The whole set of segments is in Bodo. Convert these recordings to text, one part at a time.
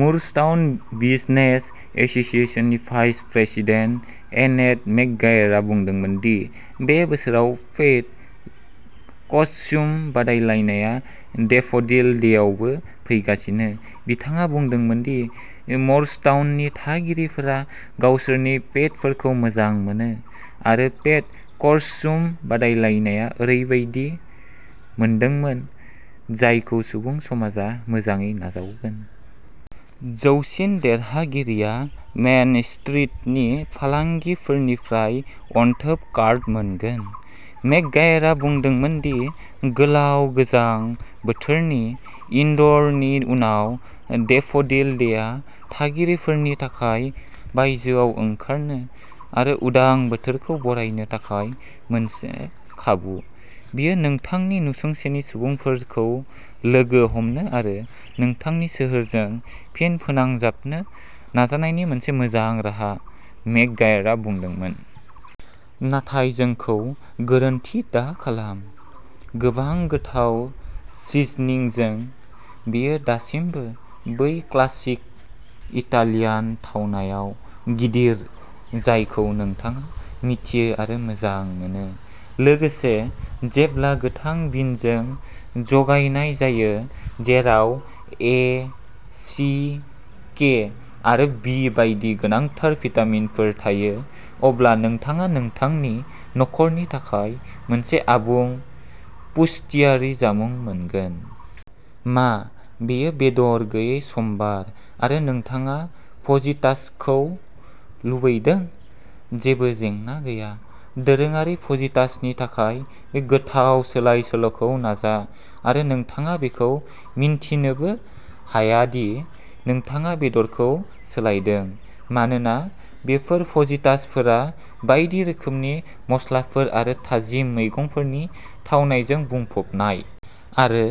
मुरस्टाउन बिजनेस एस'सिएशननि भाइस प्रेसिडेन्ट एनेट मैकगायरआ बुंदोंमोन दि बे बोसोराव पेट कस्ट्युम बादायलायनाया डेफ'डिल डेआवबो फैफिनगोन। बिथाङा बुंदोंमोन दि मुरस्टाउननि थागिरिफोरा गावसोरनि पेटफोरखौ मोजां मोनो, आरो पेट कस्ट्युम बादायलायनाया ओरैबायदि मोनदोंमोन जायखौ सुबुं समाजआ मोजाङै नाजावगोन। जौसिन देरहागिरिया मेन स्ट्रीटनि फालांगिफोरनिफ्राय अनथोब कार्ड मोनगोन। मैकगायरआ बुंदोंमोन दि गोलाव गोजां बोथोरनि इनड'रनि उनाव, डेफ'डिल डेआ थागिरिफोरनि थाखाय बायजोआव ओंखारनो आरो उदां बोथोरखौ बरायनो थाखाय मोनसे खाबु। "बेयो नोंथांनि नसुंसेनि सुबुंफोरखौ लोगो हमनो आरो नोंथांनि सोहोरजों फिन फोनांजाबनो नाजानायनि मोनसे मोजां राहा", मैकगायरआ बुंदोंमोन। नाथाय जोंखौ गोरोन्थि दाखालाम, गोबां गोथाव सिजनिंजों, बेयो दासिमबो बै क्लासिक इटालियान थावनायाव गिदिर जायखौ नोंथाङा मिथियो आरो मोजां मोनो। लोगोसे, जेब्ला गोथां बिनजों जगायनाय जायो-जेराव ए, सि, के, आरो बि बायदि गोनांथार भिटामिनफोर थायो-अब्ला नोंथाङा नोंथांनि नख'रनि थाखाय मोनसे आबुं, पुष्टियारि जामुं मोनगोन। मा बेयो बेदर गैयै समबार आरो नोंथाङा फजितासखौ लुबैदों? जेबो जेंना गैया। दोरोङारि फजितासनि थाखाय बे गोथाव सोलाय-सोल'खौ नाजा आरो नोंथाङा बेखौ मिन्थिनोबो हाया दि नोंथाङा बेदरखौ सोलायदों। मानोना बेफोर फजितासफोरा बायदि रोखोमनि मस्लाफोर आरो थाजिम मैगंफोरनि थावनायजों बुंफबनाय। आरो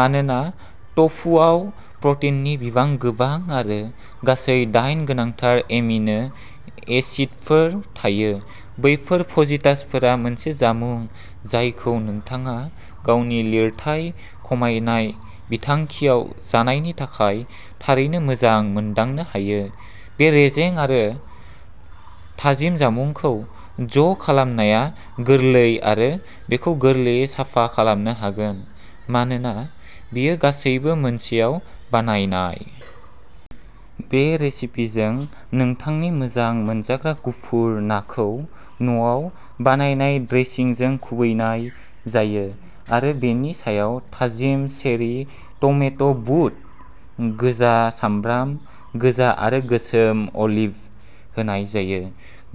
मानोना टफुवाव प्रटिननि बिबां गोबां आरो गासै दाइन गोनांथार एमिनो एसिडफोर थायो, बेफोर फजितासफोरा मोनसे जामुं जायखौ नोंथाङा गावनि लिरथाय खमायनाय बिथांखियाव जानायनि थाखाय थारैनो मोजां मोनदांनो हायो। बे रेजें आरो थाजिम जामुंखौ ज'खालामनाया गोरलै आरो बेखौ गोरलैयै साफा खालामनो हागोन मानोना बेयो गासैबो मोनसेआव बानायनाय। बे रेसिपिजों, नोंथांनि मोजां मोनजाग्रा गुफुर ना खौ न'आव बानायनाय ड्रेसिंजों खुबैनाय जायो आरो बेनि सायाव थाजिम चेरि टमेट', बुद, गोजा सामब्राम गोजा आरो गोसोम अलिभ होनाय जायो।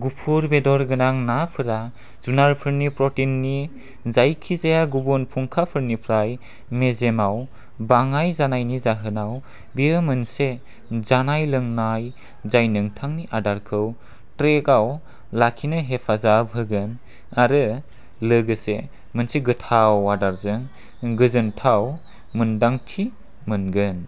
गुफुर बेदर गोनां नाफोरा जुनारफोरनि प्रटिननि जायखिजाया गुबुन फुंखाफोरनिफ्राय मेजेमाव बाङाइ जानायनि जाहोनाव, बेयो मोनसे जानाय-लोंनाय, जाय नोंथांनि आदारखौ ट्रेकआव लाखिनो हेफाजाब होगोन आरो लोगोसे मोनसे गोथाव आदारजों गोजोनथाव मोन्दांथि मोनगोन।